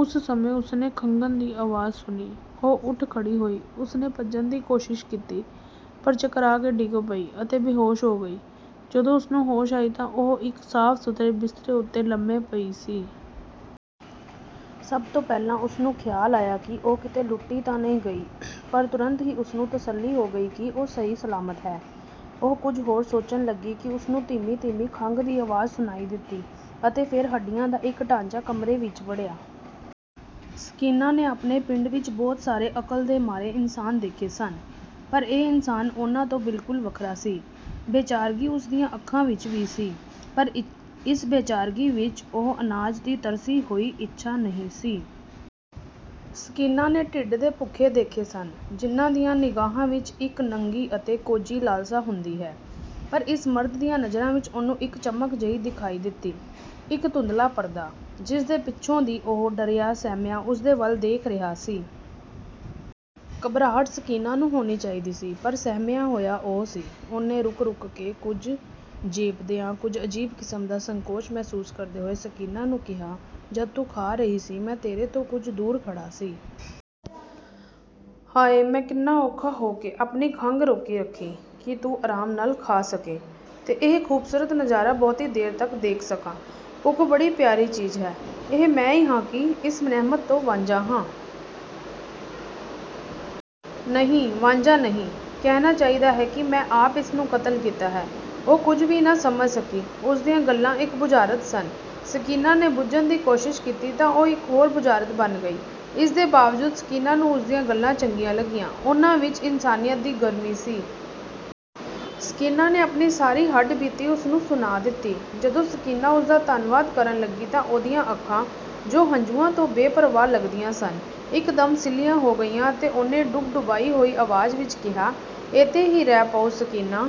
ਉਸੇ ਸਮੇਂ ਉਸਨੇ ਖੰਘਣ ਦੀ ਆਵਾਜ਼ ਸੁਣੀ। ਉਹ ਉੱਠ ਖੜ੍ਹੀ ਹੋਈ, ਉਸਨੇ ਭੱਜਣ ਦੀ ਕੋਸ਼ਿਸ਼ ਕੀਤੀ, ਪਰ ਚਕਰਾ ਕੇ ਡਿੱਗ ਪਈ ਅਤੇ ਬੇਹੋਸ਼ ਹੋ ਗਈ। ਜਦੋਂ ਉਸ ਨੂੰ ਹੋਸ਼ ਆਈ ਤਾਂ ਉਹ ਇਕ ਸਾਫ਼-ਸੁਥਰੇ ਬਿਸਤਰੇ ਉਤੇ ਲੰਮੀ ਪਈ ਸੀ। ਸਭ ਤੋਂ ਪਹਿਲਾਂ ਉਸਨੂੰ ਖ਼ਿਆਲ ਆਇਆ ਕਿ ਉਹ ਕਿਤੇ ਲੁੱਟੀ ਤਾਂ ਨਹੀਂ ਗਈ, ਪਰ ਤੁਰੰਤ ਹੀ ਉਸਨੂੰ ਤਸੱਲੀ ਹੋ ਗਈ ਕਿ ਉਹ ਸਹੀ ਸਲਾਮਤ ਹੈ। ਉਹ ਕੁਝ ਹੋਰ ਸੋਚਣ ਲੱਗੀ ਕਿ ਉਸਨੂੰ ਧੀਮੀ-ਧੀਮੀ ਖੰਘ ਦੀ ਆਵਾਜ਼ ਸੁਣਾਈ ਦਿੱਤੀ ਅਤੇ ਫੇਰ ਹੱਡੀਆਂ ਦਾ ਇਕ ਢਾਂਚਾ ਕਮਰੇ ਵਿਚ ਵੜਿਆ। ਸਕੀਨਾ ਨੇ ਆਪਣੇ ਪਿੰਡ ਵਿਚ ਬਹੁਤ ਸਾਰੇ ਅਕਲ ਦੇ ਮਾਰੇ ਇਨਸਾਨ ਦੇਖੇ ਸਨ, ਪਰ ਇਹ ਇਨਸਾਨ ਉਨ੍ਹਾਂ ਤੋਂ ਬਿਲਕੁਲ ਵੱਖਰਾ ਸੀ; ਬੇਚਾਰਗੀ ਉਸ ਦੀਆਂ ਅੱਖਾਂ ਵਿਚ ਵੀ ਸੀ, ਪਰ ਇਸ ਬੇਚਾਰਗੀ ਵਿਚ ਉਹ ਅਨਾਜ ਦੀ ਤਰਸੀ ਹੋਈ ਇੱਛਾ ਨਹੀਂ ਸੀ। ਸਕੀਨਾ ਨੇ ਢਿੱਡ ਦੇ ਭੁੱਖੇ ਦੇਖੇ ਸਨ, ਜਿਨ੍ਹਾਂ ਦੀਆਂ ਨਿਗਾਹਾਂ ਵਿਚ ਇਕ ਨੰਗੀ ਅਤੇ ਕੋਝੀ ਲਾਲਸਾ ਹੁੰਦੀ ਹੈ, ਪਰ ਇਸ ਮਰਦ ਦੀਆਂ ਨਜ਼ਰਾਂ ਵਿਚ ਉਹਨੂੰ ਇਕ ਚਮਕ ਜਹੀ ਦਿਖਾਈ ਦਿੱਤੀ, ਇਕ ਧੁੰਦਲਾ ਪਰਦਾ, ਜਿਸਦੇ ਪਿਛੋਂ ਦੀ ਉਹ ਡਰਿਆ-ਸਹਿਮਿਆ ਉਸਦੇ ਵੱਲ ਦੇਖ ਰਿਹਾ ਸੀ। ਘਬਰਾਹਟ ਸਕੀਨਾ ਨੂੰ ਹੋਣੀ ਚਾਹੀਦੀ ਸੀ, ਪਰ ਸਹਿਮਿਆ ਹੋਇਆ ਉਹ ਸੀ। ਉਹਨੇ ਰੁਕ-ਰੁਕ ਕੇ, ਕੁਝ ਝੇਂਪਦਿਆਂ, ਕੁਝ ਅਜੀਬ ਕਿਸਮ ਦਾ ਸੰਕੋਚ ਮਹਿਸੂਸ ਕਰਦੇ ਹੋਏ ਸਕੀਨਾ ਨੂੰ ਕਿਹਾ, "ਜਦ ਤੂੰ ਖਾ ਰਹੀ ਸੀ, ਮੈਂ ਤੇਰੇ ਤੋਂ ਕੁਝ ਦੂਰ ਖੜ੍ਹਾ ਸੀ। ਹਾਇ! ਮੈਂ ਕਿੰਨਾ ਔਖਾ ਹੋ ਕੇ ਆਪਣੀ ਖੰਘ ਰੋਕੀ ਰੱਖੀ ਕਿ ਤੂੰ ਆਰਾਮ ਨਾਲ ਖਾ ਸਕੇਂ ਤੇ ਇਹ ਖ਼ੂਬਸੂਰਤ ਨਜ਼ਾਰਾ ਬਹੁਤੀ ਦੇਰ ਤਕ ਦੇਖ ਸਕਾਂ। ਭੁੱਖ ਬੜੀ ਪਿਆਰੀ ਚੀਜ਼ ਹੈ। "ਇਹ ਮੈਂ ਹਾਂ ਕਿ ਇਸ ਨਿਹਮਤ ਤੋਂ ਵਾਂਝਾ ਹਾਂ। ਨਹੀਂ, ਵਾਂਝਾ ਨਹੀਂ, ਕਹਿਣਾ ਚਾਹੀਦਾ ਹੈ ਕਿ ਮੈਂ ਆਪ ਇਸ ਨੂੰ ਕਤਲ ਕੀਤਾ ਹੈ।" ਉਹ ਕੁਝ ਵੀ ਨਾ ਸਮਝ ਸਕੀ। ਉਸਦੀਆਂ ਗੱਲਾਂ ਇਕ ਬੁਝਾਰਤ ਸਨ। ਸਕੀਨਾ ਨੇ ਬੁੱਝਣ ਦੀ ਕੋਸ਼ਿਸ਼ ਕੀਤੀ ਤਾਂ ਉਹ ਇਕ ਹੋਰ ਬੁਝਾਰਤ ਬਣ ਗਈ; ਇਸਦੇ ਬਾਵਜੂਦ ਸਕੀਨਾ ਨੂੰ ਉਸਦੀਆਂ ਗੱਲਾਂ ਚੰਗੀਆਂ ਲੱਗੀਆਂ, ਉਹਨਾਂ ਵਿਚ ਇਨਸਾਨੀਅਤ ਦੀ ਗਰਮੀ ਸੀ। ਸਕੀਨਾ ਨੇ ਆਪਣੀ ਸਾਰੀ ਹੱਡ-ਬੀਤੀ ਉਸਨੂੰ ਸੁਣਾਅ ਦਿੱਤੀ। ਜਦੋਂ ਸਕੀਨਾ ਉਸਦਾ ਧੰਨਵਾਦ ਕਰਨ ਲੱਗੀ ਤਾਂ ਉਹਦੀਆਂ ਅੱਖਾਂ, ਜੋ ਹੰਝੂਆਂ ਤੋਂ ਬੇਪ੍ਰਵਾਹ ਲੱਗਦੀਆਂ ਸਨ, ਇਕਦਮ ਸਿੱਲ੍ਹੀਆਂ ਹੋ ਗਈਆਂ ਅਤੇ ਉਹਨੇ ਡੁਬਡੁਬਾਈ ਹੋਈ ਆਵਾਜ਼ ਵਿਚ ਕਿਹਾ, "ਏਥੇ ਈ ਰਹਿ ਪਓ ਸਕੀਨਾ।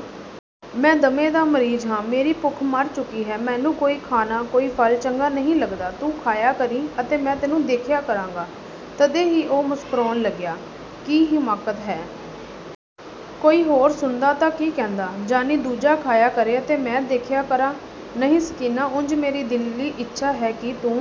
ਮੈਂ ਦਮੇ ਦਾ ਮਰੀਜ਼ ਹਾਂ। ਮੇਰੀ ਭੁੱਖ ਮਰ ਚੁੱਕੀ ਹੈ। ਮੈਨੂੰ ਕੋਈ ਖਾਣਾ, ਕੋਈ ਫਲ ਚੰਗਾ ਨਹੀਂ ਲੱਗਦਾ। ਤੂੰ ਖਾਇਆ ਕਰੀਂ ਅਤੇ ਮੈਂ ਤੈਨੂੰ ਦੇਖਿਆ ਕਰਾਂਗਾ। "ਤਦੇ ਹੀ ਉਹ ਮੁਸਕਰਾਉਣ ਲੱਗਿਆ"। ਕੀ ਹਿਮਾਕਤ ਹੈ? ਕੋਈ ਹੋਰ ਸੁਣਦਾ ਤਾਂ ਕੀ ਕਹਿੰਦਾ? ਜਾਣੀ ਦੂਜਾ ਖਾਇਆ ਕਰੇ ਅਤੇ ਮੈਂ ਦੇਖਿਆ ਕਰਾਂ? ਨਹੀਂ ਸਕੀਨਾ ਉਂਝ ਮੇਰੀ ਦਿਲੀ ਇੱਛਾ ਹੈ ਕਿ ਤੂੰ